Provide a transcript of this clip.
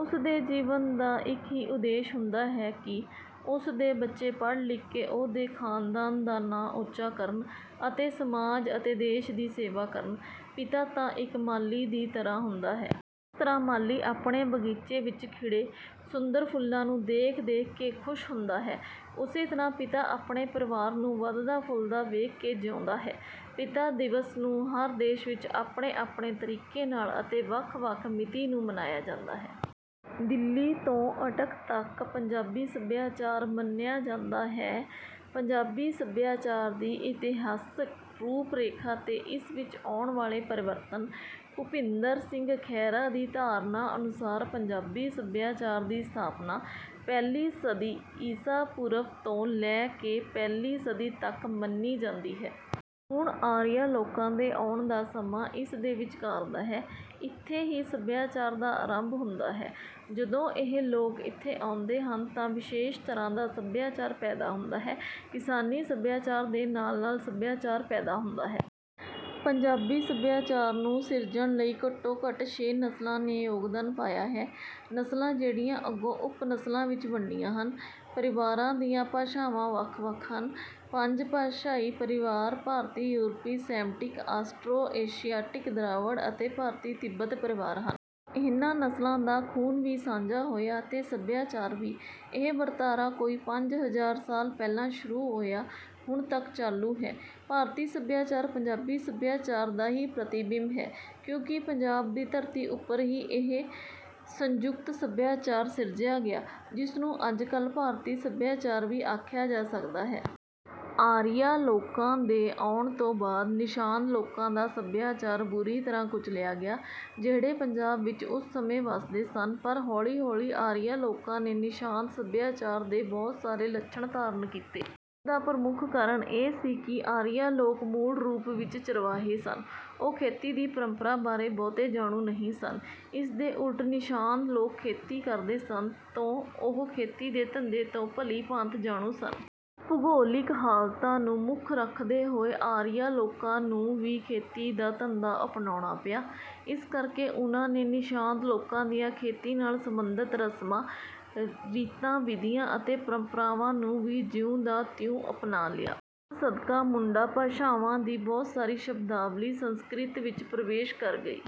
ਉਸ ਦੇ ਜੀਵਨ ਦਾ ਇੱਕ ਹੀ ਉਦੇਸ਼ ਹੁੰਦਾ ਹੈ ਕਿ ਉਸ ਦੇ ਬੱਚੇ ਪੜ੍ਹ ਲਿਖ ਕੇ ਉਸ ਦੇ ਖਾਨਦਾਨ ਦਾ ਨਾਂ ਉੱਚਾ ਕਰਨ ਅਤੇ ਸਮਾਜ ਅਤੇ ਦੇਸ਼ ਦੀ ਸੇਵਾ ਕਰਨ। ਪਿਤਾ ਤਾਂ ਇੱਕ ਮਾਲੀ ਦੀ ਤਰ੍ਹਾਂ ਹੁੰਦਾ ਹੈ। ਜਿਸ ਤਰ੍ਹਾਂ ਮਾਲੀ ਆਪਣੇ ਬਗੀਚੇ ਵਿੱਚ ਖਿੜੇ ਸੁੰਦਰ ਫੁੱਲਾਂ ਨੂੰ ਦੇਖ ਦੇਖ ਕੇ ਖੁਸ਼ ਹੁੰਦਾ ਹੈ ਉਸੇ ਤਰ੍ਹਾਂ ਪਿਤਾ ਆਪਣੇ ਪਰਿਵਾਰ ਨੂੰ ਵਧਦਾ ਫੁੱਲਦਾ ਦੇਖ ਕੇ ਜਿਉਂਦਾ ਹੈ। ਪਿਤਾ ਦਿਵਸ ਨੂੰ ਹਰ ਦੇਸ਼ ਵਿੱਚ ਆਪਣੇ ਆਪਣੇ ਤਰੀਕੇ ਨਾਲ ਅਤੇ ਵੱਖ ਵੱਖ ਮਿਤੀ ਨੂੰ ਮਨਾਇਆ ਜਾਂਦਾ ਹੈ। ਦਿੱਲੀ ਤੋਂ ਅਟਕ ਤੱਕ ਪੰਜਾਬੀ ਸੱਭਿਆਚਾਰ ਮੰਨਿਆ ਜਾਂਦਾ ਹੈ। ਪੰਜਾਬੀ ਸੱਭਿਆਚਾਰ ਦੀ ਇਤਿਹਾਸਕ ਰੂਪ ਰੇਖਾ ਤੇ ਇਸ ਵਿੱਚ ਆਉਣ ਵਾਲੇ ਪਰਿਵਰਤਨ। ਭੁਪਿੰਦਰ ਸਿੰਘ ਖਹਿਰਾ ਦੀ ਧਾਰਨਾ ਅਨੁਸਾਰ ਪੰਜਾਬੀ ਸੱਭਿਆਚਾਰ ਦੀ ਸਥਾਪਨਾ ਪਹਿਲੀ ਸਦੀ ਈਸਾ ਪੂਰਵ ਤੋਂ ਲੈ ਕੇ ਪਹਿਲੀ ਸਦੀ ਤੱਕ ਮੰਨੀ ਜਾਂਦੀ ਹੈ। ਹੁਣ ਆਰੀਆ ਲੋਕਾਂ ਦੇ ਆਉਣ ਦਾ ਸਮਾਂ ਇਸਦੇ ਵਿਚਕਾਰ ਦਾ ਹੈ। ਇੱਥੇ ਹੀ ਸੱਭਿਆਚਾਰ ਦਾ ਆਰੰਭ ਹੁੰਦਾ ਹੈ। ਜਦੋਂ ਇਹ ਲੋਕ ਇੱਥੇ ਆਉਂਦੇ ਹਨ ਤਾਂ ਵਿਸ਼ੇਸ਼ ਤਰ੍ਹਾਂ ਦਾ ਸੱਭਿਆਚਾਰ ਪੈਦਾ ਹੁੰਦਾ ਹੈ। ਕਿਸਾਨੀ ਸੱਭਿਆਚਾਰ ਦੇ ਨਾਲ ਨਾਲ ਸੱਭਿਆਚਾਰ ਪੈਦਾ ਹੁੰਦਾ ਹੈ। ਪੰਜਾਬੀ ਸੱਭਿਆਚਾਰ ਨੂੰ ਸਿਰਜਣ ਲਈ ਘੱਟੋ ਘੱਟ ਛੇ ਨਸਲਾਂ ਨੇ ਯੋਗਦਾਨ ਪਾਇਆ ਹੈ। ਨਸਲਾਂ ਜਿਹੜੀਆਂ ਅੱਗੋਂ ਉਪ ਨਸਲਾਂ ਵਿੱਚ ਵੰਡੀਆਂ ਹਨ। ਪਰਿਵਾਰਾਂ ਦੀਆਂ ਭਾਸ਼ਾਵਾਂ ਵੱਖ ਵੱਖ ਹਨ। ਪੰਜ ਭਾਸ਼ਾਈ ਪਰਿਵਾਰ ਭਾਰਤੀ ਯੂਰਪੀ ਸੈਮਟਿਕ ਆਸਟਰੋ ਏਸ਼ੀਆਟਿਕ ਦਰਾਵੜ ਅਤੇ ਭਾਰਤੀ ਤਿੱਬਤ ਪਰਿਵਾਰ ਹਨ। ਇਹਨਾਂ ਨਸਲਾਂ ਦਾ ਖੂਨ ਵੀ ਸਾਂਝਾ ਹੋਇਆ ਤੇ ਸੱਭਿਆਚਾਰ ਵੀ। ਇਹ ਵਰਤਾਰਾ ਕੋਈ ਪੰਜ ਹਜ਼ਾਰ ਸਾਲ ਪਹਿਲਾਂ ਸ਼ੁਰੂ ਹੋਇਆ ਹੁਣ ਤੱਕ ਚਾਲੂ ਹੈ। ਭਾਰਤੀ ਸੱਭਿਆਚਾਰ ਪੰਜਾਬੀ ਸੱਭਿਆਚਾਰ ਦਾ ਹੀ ਪ੍ਰਤੀਬਿੰਬ ਹੈ ਕਿਉਂਕਿ ਪੰਜਾਬ ਦੀ ਧਰਤੀ ਉੱਪਰ ਹੀ ਇਹ ਸੰਯੁਕਤ ਸੱਭਿਆਚਾਰ ਸਿਰਜਿਆ ਗਿਆ ਜਿਸਨੂੰ ਅੱਜ ਕੱਲ ਭਾਰਤੀ ਸੱਭਿਆਚਾਰ ਵੀ ਆਖਿਆ ਜਾ ਸਕਦਾ ਹੈ। ਆਰੀਆ ਲੋਕਾਂ ਦੇ ਆਉਣ ਤੋਂ ਬਾਅਦ ਨਿਸ਼ਾਦ ਲੋਕਾਂ ਦਾ ਸੱਭਿਆਚਾਰ ਬੁਰੀ ਤਰ੍ਹਾਂ ਕੁਚਲਿਆ ਗਿਆ। ਜਿਹੜੇ ਪੰਜਾਬ ਵਿੱਚ ਉਸ ਸਮੇਂ ਵਸਦੇ ਸਨ ਪਰ ਹੌਲੀ ਹੌਲੀ ਆਰੀਆ ਲੋਕਾਂ ਨੇ ਨਿਸ਼ਾਦ ਸੱਭਿਆਚਾਰ ਦੇ ਬਹੁਤ ਸਾਰੇ ਲੱਛਣ ਧਾਰਨ ਕੀਤੇ। ਇਸਦਾ ਪ੍ਰਮੁੱਖ ਕਾਰਨ ਇਹ ਸੀ ਕਿ ਆਰੀਆ ਲੋਕ ਮੂਲ ਵਿੱਚ ਚਰਵਾਹੇ ਸਨ। ਉਹ ਖੇਤੀ ਦੀ ਪਰੰਪਰਾ ਬਾਰੇ ਬਹੁਤੇ ਜਾਣੂ ਨਹੀਂ ਸਨ। ਇਸਦੇ ਉਲਟ ਨਿਸ਼ਾਦ ਲੋਕ ਖੇਤੀ ਕਰਦੇ ਸਨ ਤੋਂ ਉਹ ਖੇਤੀ ਦੇ ਧੰਦੇ ਤੋਂ ਭਲੀ ਭਾਂਤ ਜਾਣੂ ਸਨ। ਭੂਗੋਲਿਕ ਹਾਲਤਾਂ ਨੂੰ ਮੁੱਖ ਰੱਖਦੇ ਹੋਏ ਆਰੀਆਂ ਲੋਕਾਂ ਨੂੰ ਵੀ ਖੇਤੀ ਦਾ ਧੰਦਾ ਅਪਣਾਉਣਾ ਪਿਆ। ਇਸ ਕਰਕੇ ਉਨ੍ਹਾਂ ਨੇ ਨਿਸ਼ਾਦ ਲੋਕਾਂ ਦੀਆਂ ਖੇਤੀ ਨਾਲ ਸਬੰਧਿਤ ਰਸਮਾਂ ਰੀਤਾਂ ਵਿਧੀਆਂ ਅਤੇ ਪਰੰਪਰਾਵਾਂ ਨੂੰ ਜਿਉਂ ਦਾ ਤਿਉਂ ਅਪਣਾ ਲਿਆ। ਇਸ ਸਦਕਾ ਮੁੰਡਾ ਭਾਸ਼ਾਵਾਂ ਦੀ ਬਹੁਤ ਸਾਰੀ ਸ਼ਬਦਾਵਲੀ ਸੰਸਕ੍ਰਿਤ ਵਿੱਚ ਪ੍ਰਵੇਸ਼ ਕਰ ਗਈ।